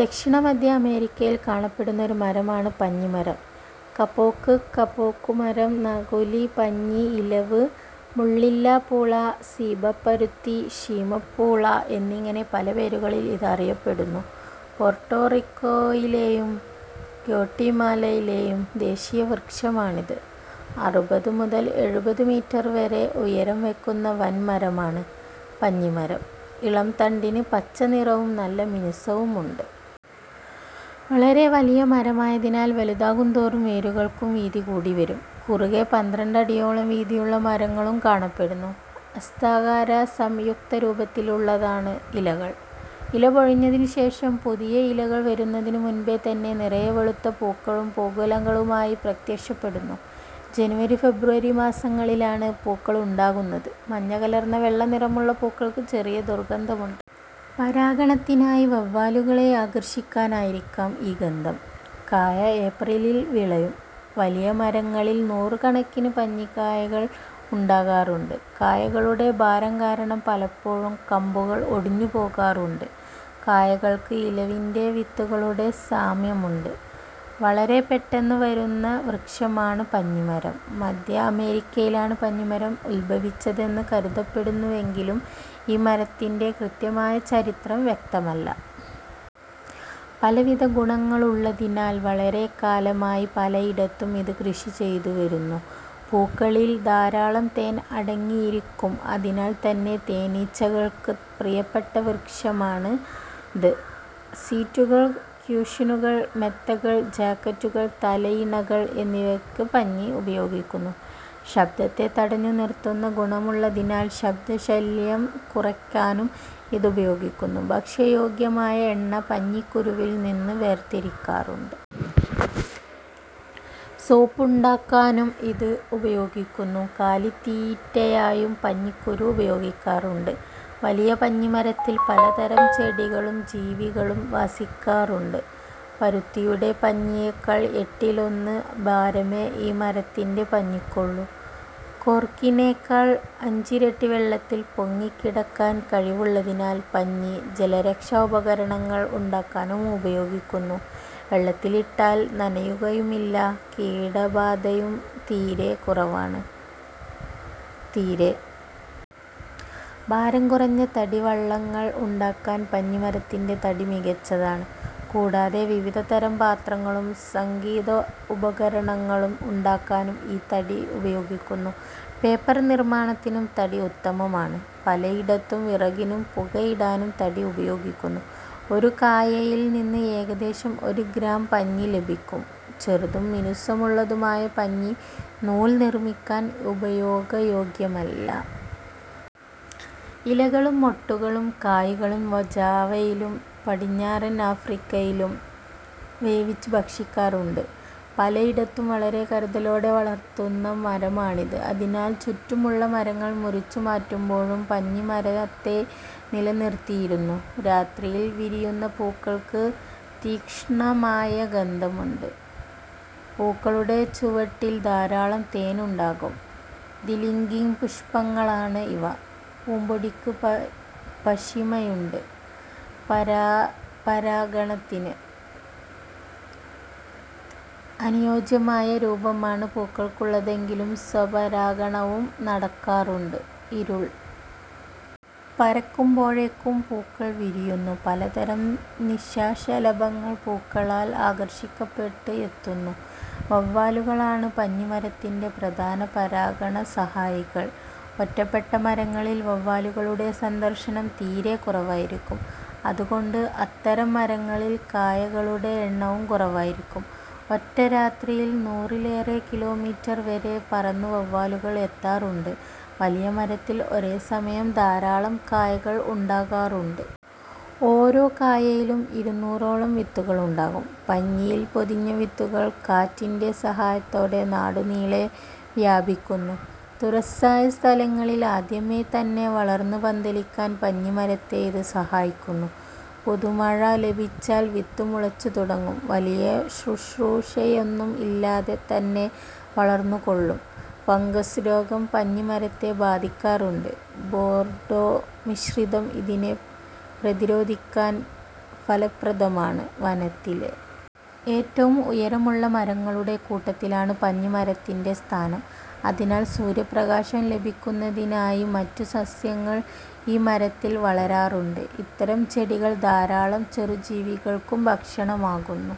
ദക്ഷിണ മധ്യ അമേരിക്കയിൽ കാണപ്പെടുന്ന ഒരു മരമാണ് പഞ്ഞിമരം. കപോക്ക്, കപോക്കുമരം, നകുലി, പഞ്ഞി ഇലവ്, മുള്ളില്ലാപ്പൂള, സീബപ്പരുത്തി, ശീമപ്പൂള എന്നിങ്ങനെ പല പേരുകളിൽ ഇത് അറിയപ്പെടുന്നു. പോർട്ടോ റിക്കോയിലെയും ഗ്വാട്ടിമാലയിലെയും ദേശീയവൃക്ഷമാണിത്. അറുപത് മുതൽ എഴുപത് മീറ്റർ വരെ ഉയരം വയ്ക്കുന്ന വൻമരമാണ് പഞ്ഞിമരം. ഇളംതണ്ടിന് പച്ചനിറവും നല്ല മിനുസവുമുണ്ട്. വളരെ വലിയ മരമായതിനാൽ വലുതാകുംതോറും വേരുകൾക്കും വീതി കൂടിവരും. കുറുകെ പന്ത്രണ്ട് അടിയോളം വീതിയുള്ള മരങ്ങളും കാണപ്പെടുന്നു. ഹസ്താകാര സംയുക്തരൂപത്തിലുള്ളതാണ് ഇലകൾ. ഇലപൊഴിഞ്ഞതിനുശേഷം പുതിയ ഇലകൾ വരുന്നതിന് മുൻപേതന്നെ നിറയെ വെളുത്ത പൂക്കൾ പൂങ്കുലകളുമായി പ്രത്യക്ഷപ്പെടുന്നു. ജനുവരി ഫെബ്രുവരി മാസങ്ങളിലാണ് പൂക്കളുണ്ടാകുന്നത്. മഞ്ഞകലർന്ന വെള്ളനിറമുള്ള പൂക്കൾക്ക് ചെറിയ ദുർഗന്ധമുണ്ട്. പരാഗണത്തിനായി വവ്വാലുകളെ ആകർഷിക്കാനായിരിക്കാം ഈ ഗന്ധം.കായ ഏപ്രിലിൽ വിളയും. വലിയ മരങ്ങളിൽ നൂറുകണക്കിന് പഞ്ഞിക്കായകൾ ഉണ്ടാകാറുണ്ട്. കായകളുടെ ഭാരം കാരണം പലപ്പോഴും കമ്പുകൾ ഒടിഞ്ഞുപോകാറുണ്ട്. കായകൾക്ക് ഇലവിൻറെ വിത്തുകളോട് സാമ്യമുണ്ട്. വളരെപ്പെട്ടെന്ന് വരുന്ന വൃക്ഷമാണ് പഞ്ഞിമരം. മധ്യ അമേരിക്കയിലാണ് പഞ്ഞിമരം ഉദ്ഭവിച്ചതെന്ന് കരുതപ്പെടുന്നുവെങ്കിലും ഈ മരത്തിൻറെ കൃത്യമായ ചരിത്രം വ്യക്തമല്ല. പലവിധ ഗുണങ്ങളുള്ളതിനാൽ വളരെക്കാലമായി പലയിടത്തും ഇത് കൃഷി ചെയ്തുവരുന്നു. പൂക്കളിൽ ധാരാളം തേൻ അടങ്ങിയിരിക്കും. അതിനാൽ തന്നെ തേനീച്ചകൾക്ക് പ്രിയപ്പെട്ട വൃക്ഷമാണിത്. സീറ്റുകൾ, കുഷ്യനുകൾ, മെത്തകൾ, ജാക്കറ്റുകൾ, തലയിണകൾ എന്നിവയ്ക്ക് പഞ്ഞി ഉപയോഗിക്കുന്നു. ശബ്ദത്തെ തടഞ്ഞുനിർത്തുന്ന ഗുണമുള്ളതിനാൽ ശബ്ദശല്യം കുറയ്ക്കാനും ഇത് ഉപയോഗിക്കുന്നു. ഭക്ഷ്യയോഗ്യമായ എണ്ണ പഞ്ഞിക്കുരുവിൽനിന്ന് വേർതിരിക്കാറുണ്ട്. സോപ്പുണ്ടാക്കാനും ഇത് ഉപയോഗിക്കുന്നു. കാലിത്തീറ്റയായും പഞ്ഞിക്കുരു ഉപയോഗിക്കാറുണ്ട്. വലിയ പഞ്ഞിമരത്തിൽ പലതരം ചെടികളും ജീവികളും വസിക്കാറുണ്ട്. പരുത്തിയുടെ പഞ്ഞിയേക്കാൾ എട്ടിലൊന്ന് ഭാരമേ ഈ മരത്തിൻറെ പഞ്ഞിക്കുള്ളൂ. കോർക്കിനേക്കാൾ അഞ്ചിരട്ടി വെള്ളത്തിൽ പൊങ്ങിക്കിടക്കാൻ കഴിവുള്ളതിനാൽ പഞ്ഞി ജലരക്ഷാ ഉപകരണങ്ങൾ ഉണ്ടാക്കാനും ഉപയോഗിക്കുന്നു. വെള്ളത്തിലിട്ടാൽ നനയുകയുമില്ല. കീടബാധയും തീരെ കുറവാണ്. തീരെ ഭാരം കുറഞ്ഞ തടി വള്ളങ്ങൾ ഉണ്ടാക്കാൻ പഞ്ഞിമരത്തിൻറെ തടി മികച്ചതാണ്. കൂടാതെ വിവിധതരം പാത്രങ്ങളും സംഗീതോപകരണങ്ങളും ഉണ്ടാക്കാനും ഈ തടി ഉപയോഗിക്കുന്നു. പേപ്പർ നിർമാണത്തിനും തടി ഉത്തമമാണ്. പലയിടത്തും വിറകിനും പുകയിടാനും തടി ഉപയോഗിക്കുന്നു. ഒരു കായയിൽ നിന്ന് ഏകദേശം ഒരു ഗ്രാം പഞ്ഞി ലഭിക്കും. ചെറുതും മിനുസമുള്ളതുമായ പഞ്ഞി നൂൽ നിർമിക്കാൻ ഉപയോഗയോഗ്യമല്ല. ഇലകളും മൊട്ടുകളും കായകളും ജാവയിലും പടിഞ്ഞാറൻ ആഫ്രിക്കയിലും വേവിച്ച് ഭക്ഷിക്കാറുണ്ട്. പലയിടത്തും വളരെ കരുതലോടെ വളർത്തുന്ന മരമാണിത്. അതിനാൽ ചുറ്റുമുള്ള മരങ്ങൾ മുറിച്ചുമാറ്റുമ്പോഴും പഞ്ഞിമരത്തെ നിലനിർത്തിയിരുന്നു. രാത്രിയിൽ വിരിയുന്ന പൂക്കൾക്ക് തീക്ഷ്ണമായ ഗന്ധമുണ്ട്. പൂക്കളുടെ ചുവട്ടിൽ ധാരാളം തേൻ ഉണ്ടാകും. ദ്വിലിംഗിപുഷ്പങ്ങളാണ് ഇവ. പൂമ്പൊടിക്ക് പപശിമയുണ്ട്. പരപരാഗണത്തിന് അനുയോജ്യമായ രൂപമാണ് പൂക്കൾക്കുള്ളതെങ്കിലും സ്വപരാഗണവും നടക്കാറുണ്ട്. ഇരുൾ പരക്കുമ്പോഴേക്കും പൂക്കൾ വിരിയുന്നു. പലതരം നിശാശലഭങ്ങൾ പൂക്കളാൽ ആകർഷിക്കപ്പെട്ട് എത്തുന്നു. വവ്വാലുകളാണ് പഞ്ഞിമരത്തിൻറെ പ്രധാന പരാഗണസഹായികൾ. ഒറ്റപ്പെട്ട മരങ്ങളിൽ വവ്വാലുകളുടെ സന്ദർശനം തീരെ കുറവായിരിക്കും. അതുകൊണ്ട് അത്തരം മരങ്ങളിൽ കായകളുടെ എണ്ണവും കുറവായിരിക്കും. ഒറ്റ രാത്രിയിൽ നൂറിലേറെ കിലോമീറ്റർ വരെ പറന്ന് വവ്വാലുകൾ എത്താറുണ്ട്. വലിയ മരത്തിൽ ഒരേസമയം ധാരാളം കായകൾ ഉണ്ടാകാറുണ്ട്. ഓരോ കായയിലും ഇരുന്നൂറോളം വിത്തുകളുണ്ടാകും. പഞ്ഞിയിൽ പൊതിഞ്ഞ വിത്തുകൾ കാറ്റിൻറെ സഹായത്തോടെ നാടുനീളെ വ്യാപിക്കുന്നു. തുറസ്സായ സ്ഥലങ്ങളിൽ ആദ്യമേ തന്നെ വളർന്ന് പന്തലിക്കാൻ പഞ്ഞിമരത്തെ ഇത് സഹായിക്കുന്നു. പുതുമഴ ലഭിച്ചാൽ വിത്ത് മുളച്ചുതുടങ്ങും. വലിയ ശുശ്രൂഷയൊന്നും ഇല്ലാതെ തന്നെ വളർന്നുകൊള്ളും. ഫംഗസ് രോഗം പഞ്ഞിമരത്തെ ബാധിക്കാറുണ്ട്. ബോർഡോ മിശ്രിതം ഇതിനെ പ്രതിരോധിക്കാൻ ഫലപ്രദമാണ്. വനത്തിലെ ഏറ്റവും ഉയരമുള്ള മരങ്ങളുടെ കൂട്ടത്തിലാണ് പഞ്ഞിമരത്തിൻറെ സ്ഥാനം. അതിനാൽ സൂര്യപ്രകാശം ലഭിക്കുന്നതിനായി മറ്റു സസ്യങ്ങൾ ഈ മരത്തിൽ വളരാറുണ്ട്. ഇത്തരം ചെടികൾ ധാരാളം ചെറുജീവികൾക്കും ഭക്ഷണമാകുന്നു.